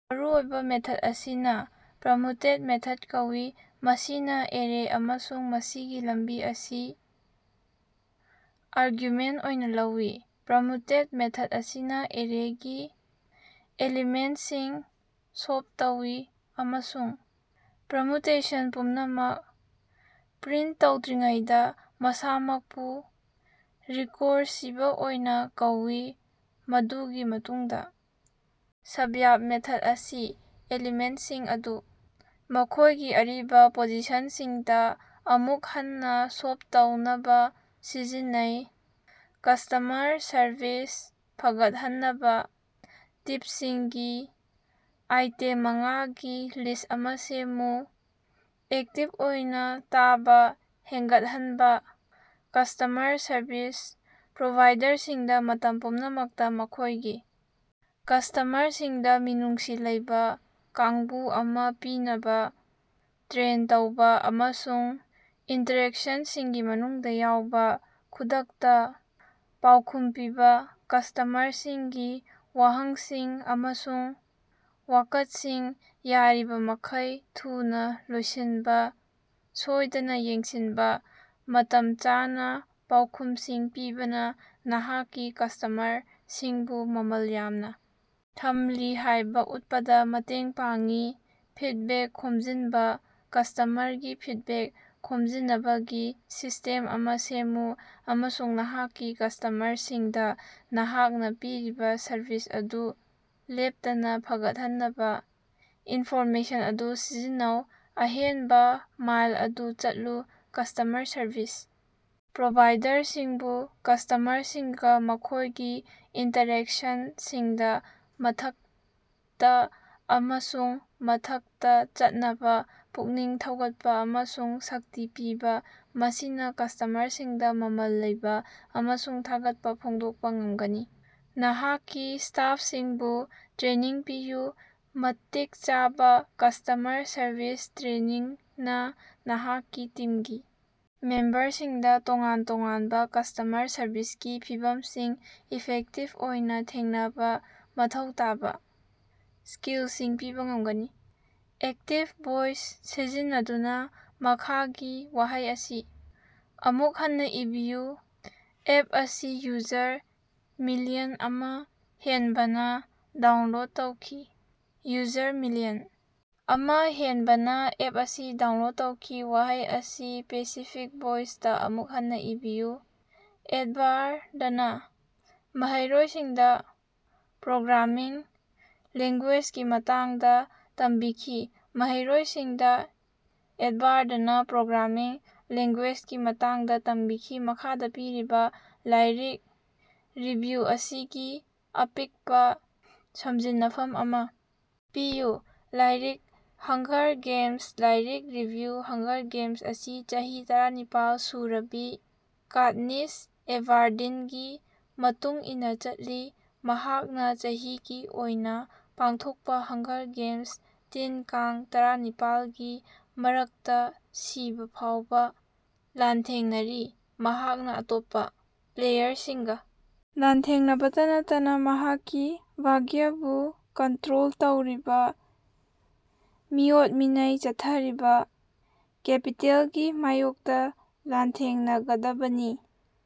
ꯃꯔꯨꯑꯣꯏꯕ ꯃꯦꯊꯗ ꯑꯁꯤꯅ permutate method ꯀꯧꯏ, ꯃꯁꯤꯅ ꯑꯦꯔꯦ ꯑꯃꯁꯨꯡ ꯃꯁꯤꯒꯤ ꯂꯝꯕꯤ ꯑꯁꯤ ꯑꯥꯔꯒꯨꯃꯦꯟꯇ ꯑꯣꯏꯅ ꯂꯧꯏ꯫ ꯄꯔꯃ꯭ꯌꯨꯇꯦꯠ ꯃꯦꯊꯗ ꯑꯁꯤꯅ ꯑꯦꯔꯦꯒꯤ ꯑꯦꯂꯤꯃꯦꯟꯇꯁꯤꯡ ꯁꯣꯞ ꯇꯧꯏ ꯑꯃꯁꯨꯡ ꯄꯔꯃ꯭ꯌꯨꯇꯦꯁꯟ ꯄꯨꯝꯅꯃꯛ ꯄ꯭ꯔꯤꯟꯇ ꯇꯧꯗ꯭ꯔꯤꯉꯩꯗ ꯃꯁꯥꯃꯛꯄꯨ ꯔꯤꯀꯣꯔꯁꯤꯕ ꯑꯣꯏꯅ ꯀꯧꯏ꯫ ꯃꯗꯨꯒꯤ ꯃꯇꯨꯡꯗ ꯁ꯭ꯕ꯭ꯌꯥꯞ ꯃꯦꯊꯗ ꯑꯁꯤ ꯑꯦꯂꯤꯃꯦꯟꯇꯁꯤꯡ ꯑꯗꯨ ꯃꯈꯣꯏꯒꯤ ꯑꯔꯤꯕ ꯄꯣꯖꯤꯁꯟꯁꯤꯡꯗ ꯑꯃꯨꯛ ꯍꯟꯅꯥ ꯁꯣꯞ ꯇꯧꯅꯕꯥ ꯁꯤꯖꯤꯟꯅꯩ꯫ ꯀꯁ꯭ꯇꯃꯔ ꯁꯔꯚꯤꯁ ꯐꯒꯠꯍꯟꯅꯕ ꯇꯤꯞꯁꯤꯡꯒꯤ ꯑꯥꯏꯇꯦꯝ ꯃꯉꯥꯒꯤ ꯂꯤꯁ꯭ꯠ ꯑꯃ ꯁꯦꯝꯃꯨ꯫ ꯑꯦꯛꯇꯤꯕ ꯑꯣꯏꯅ ꯇꯥꯕ ꯍꯦꯟꯒꯠꯍꯟꯕ - ꯀꯁ꯭ꯇꯃꯔ ꯁꯔꯚꯤꯁ ꯄ꯭ꯔꯣꯚꯥꯏꯗꯔꯁꯤꯡꯗ ꯃꯇꯝ ꯄꯨꯝꯅꯃꯛꯇ ꯃꯈꯣꯏꯒꯤ ꯀꯁ꯭ꯇꯃꯔꯁꯤꯡꯗ ꯃꯤꯅꯨꯡꯁꯤ ꯂꯩꯕ ꯀꯥꯡꯕꯨ ꯑꯃ ꯄꯤꯅꯕꯥ ꯇ꯭ꯔꯦꯟ ꯇꯧꯕ, ꯑꯃꯁꯨꯡ ꯏꯟꯇꯔꯦꯛꯁꯟꯁꯤꯡꯒꯤ ꯃꯅꯨꯡꯗ ꯌꯥꯎꯕ꯫ ꯈꯨꯗꯛꯇ ꯄꯥꯎꯈꯨꯝ ꯄꯤꯕꯥ - ꯀꯁ꯭ꯇꯃꯔꯁꯤꯡꯒꯤ ꯋꯥꯍꯪꯁꯤꯡ ꯑꯃꯁꯨꯡ ꯋꯥꯀꯠꯁꯤꯡ ꯌꯥꯔꯤꯕꯃꯈꯩ ꯊꯨꯅ ꯂꯣꯏꯁꯤꯟꯕ ꯁꯣꯏꯗꯅ ꯌꯦꯡꯁꯤꯟꯕ꯫ ꯃꯇꯝ ꯆꯥꯅ ꯄꯥꯎꯈꯨꯝꯁꯤꯡ ꯄꯤꯕꯅ ꯅꯍꯥꯛꯀꯤ ꯀꯁ꯭ꯇꯃꯔꯁꯤꯡꯕꯨ ꯃꯃꯜ ꯌꯥꯝꯅ ꯊꯝꯂꯤ ꯍꯥꯏꯕ ꯎꯠꯄꯗ ꯃꯇꯦꯡ ꯄꯥꯡꯏ꯫ ꯐꯤꯗꯕꯦꯛ ꯈꯣꯝꯖꯤꯟꯕ - ꯀꯁ꯭ꯇꯃꯔꯒꯤ ꯐꯤꯗꯕꯦꯛ ꯈꯣꯝꯖꯤꯟꯅꯕꯒꯤ ꯁꯤꯁꯇꯦꯝ ꯑꯃ ꯁꯦꯝꯃꯨ ꯑꯃꯁꯨꯡ ꯅꯍꯥꯛꯀꯤ ꯀꯁ꯭ꯇꯃꯔꯁꯤꯡꯗ ꯅꯍꯥꯛꯅ ꯄꯤꯔꯤꯕ ꯁꯔꯚꯤꯁ ꯑꯗꯨ ꯂꯦꯞꯇꯅꯥ ꯐꯒꯠꯍꯟꯅꯕ ꯏꯟꯐꯣꯔꯃꯦꯁꯟ ꯑꯗꯨ ꯁꯤꯖꯤꯟꯅꯧ꯫ ꯑꯍꯦꯟꯕ ꯃꯥꯏꯜ ꯑꯗꯨ ꯆꯠꯂꯨ - ꯀꯁ꯭ꯇꯃꯔ ꯁꯔꯚꯤꯁ ꯄ꯭ꯔꯣꯚꯥꯏꯗꯔꯁꯤꯡꯕꯨ ꯀꯁ꯭ꯇꯃꯔꯁꯤꯡꯒ ꯃꯈꯣꯏꯒꯤ ꯏꯟꯇꯔꯦꯛꯁꯟꯁꯤꯡꯗ ꯃꯊꯛꯇ ꯑꯃꯁꯨꯡ ꯃꯊꯛꯇ ꯆꯠꯅꯕ ꯄꯨꯛꯅꯤꯡ ꯊꯧꯒꯠꯄ ꯑꯃꯁꯨꯡ ꯁꯛꯇꯤ ꯄꯤꯕꯥ, ꯃꯁꯤꯅ ꯀꯁ꯭ꯇꯃꯔꯁꯤꯡꯗ ꯃꯃꯜ ꯂꯩꯕ ꯑꯃꯁꯨꯡ ꯊꯥꯒꯠꯄ ꯐꯣꯡꯗꯣꯛꯄ ꯉꯝꯒꯅꯤ꯫ ꯅꯍꯥꯛꯀꯤ ꯁ꯭ꯇꯥꯐꯁꯤꯡꯕꯨ ꯇ꯭ꯔꯦꯅꯤꯡ ꯄꯤꯌꯨ - ꯃꯇꯤꯛ ꯆꯥꯕ ꯀꯁ꯭ꯇꯃꯔ ꯁꯔꯚꯤꯁ ꯇ꯭ꯔꯦꯅꯤꯡꯅ ꯅꯍꯥꯛꯀꯤ ꯇꯤꯝꯒꯤ ꯃꯦꯝꯕꯔꯁꯤꯡꯗ ꯇꯣꯉꯥꯟ-ꯇꯣꯉꯥꯟꯕ ꯀꯁ꯭ꯇꯃꯔ ꯁꯔꯚꯤꯁꯀꯤ ꯐꯤꯚꯝꯁꯤꯡ ꯏꯐꯦꯛꯇꯤꯕ ꯑꯣꯏꯅ ꯊꯦꯡꯅꯕ ꯃꯊꯧ ꯇꯥꯕ ꯁ꯭ꯀꯤꯜꯁꯤꯡ ꯄꯤꯕ ꯉꯝꯒꯅꯤ꯫ ꯑꯦꯛꯇꯤꯕ ꯚꯣꯏꯁ ꯁꯤꯖꯤꯟꯅꯗꯨꯅ ꯃꯈꯥꯒꯤ ꯋꯥꯍꯩ ꯑꯁꯤ ꯑꯃꯨꯛ ꯍꯟꯅꯥ ꯏꯕꯤꯌꯨ - ꯑꯦꯞ ꯑꯁꯤ ꯌꯨꯖꯔ ꯃꯤꯂꯤꯌꯟ ꯑꯃ ꯍꯦꯟꯕꯅ ꯗꯥꯎꯟꯂꯣꯗ ꯇꯧꯈꯤ꯫ ꯌꯨꯖꯔ ꯃꯤꯂꯤꯌꯟ ꯑꯃ ꯍꯦꯟꯕꯅ ꯑꯦꯞ ꯑꯁꯤ ꯗꯥꯎꯟꯂꯣꯗ ꯇꯧꯈꯤ꯫ ꯋꯥꯍꯩ ꯑꯁꯤ ꯄꯦꯁꯤꯐꯤꯛ ꯚꯣꯏꯁꯇꯥ ꯑꯃꯨꯛ ꯍꯟꯅ ꯏꯕꯤꯌꯨ -ꯑꯦꯗꯕꯥꯔꯗꯅꯥ ꯃꯍꯩꯔꯣꯏꯁꯤꯡꯗ ꯄ꯭ꯔꯣꯒ꯭ꯔꯥꯃꯤꯡ ꯂꯦꯡꯒꯨꯌꯦꯖꯒꯤ ꯃꯇꯥꯡꯗ ꯇꯝꯕꯤꯈꯤ꯫ ꯃꯍꯩꯔꯣꯏꯁꯤꯡꯗ ꯑꯦꯗꯕꯥꯔꯗꯅꯥ ꯄ꯭ꯔꯣꯒ꯭ꯔꯥꯃꯤꯡ ꯂꯦꯡꯒꯨꯌꯦꯖꯒꯤ ꯃꯇꯥꯡꯗ ꯇꯝꯕꯤꯈꯤ꯫ ꯃꯈꯥꯗ ꯄꯤꯔꯤꯕ ꯂꯥꯏꯔꯤꯛ ꯔꯤꯚꯤꯌꯨ ꯑꯁꯤꯒꯤ ꯑꯄꯤꯛꯄ ꯁꯝꯖꯤꯟꯅꯐꯝ ꯑꯃ ꯄꯤꯌꯨ꯫ ꯂꯥꯏꯔꯤꯛ -ꯍꯪꯒꯔ ꯒꯦꯃꯁ ꯂꯥꯏꯔꯤꯛ ꯔꯤꯚꯤꯌꯨ - ꯍꯪꯒꯔ ꯒꯦꯃꯁ ꯑꯁꯤ ꯆꯍꯤ ꯇꯔꯥꯅꯤꯄꯥꯜ ꯁꯨꯔꯕꯤ ꯀꯥꯠꯅꯤꯁ ꯑꯦꯚꯥꯔꯗꯤꯟꯒꯤ ꯃꯇꯨꯡ ꯏꯟꯅꯥ ꯆꯠꯂꯤ, ꯃꯍꯥꯛꯅ ꯆꯍꯤꯒꯤ ꯑꯣꯏꯅ ꯄꯥꯡꯊꯣꯛꯄ ꯍꯪꯒꯔ ꯒꯦꯃꯁ, ꯇꯤꯟ-ꯀꯥꯡ ꯇꯔꯥꯅꯤꯄꯥꯜꯒꯤ ꯃꯔꯛꯇ ꯁꯤꯕꯥ ꯐꯥꯎꯕ ꯂꯥꯟꯊꯦꯡꯅꯔꯤ꯫ ꯃꯍꯥꯛꯅ ꯑꯇꯣꯞꯄ ꯄ꯭ꯂꯦꯌꯔꯁꯤꯡꯒ ꯂꯥꯟꯊꯦꯡꯅꯕꯇꯥ ꯅꯠꯇꯅ ꯃꯍꯥꯛꯀꯤ ꯚꯥꯒ꯭ꯌꯕꯨ ꯀꯟꯇ꯭ꯔꯣꯜ ꯇꯧꯔꯤꯕ ꯃꯤꯑꯣꯠ-ꯃꯤꯅꯩ ꯆꯠꯊꯔꯤꯕ‌ ꯀꯦꯄꯤꯇꯦꯜꯒꯤ ꯃꯥꯌꯣꯛꯇ ꯂꯥꯟꯊꯦꯡꯅꯒꯗꯕꯅꯤ꯫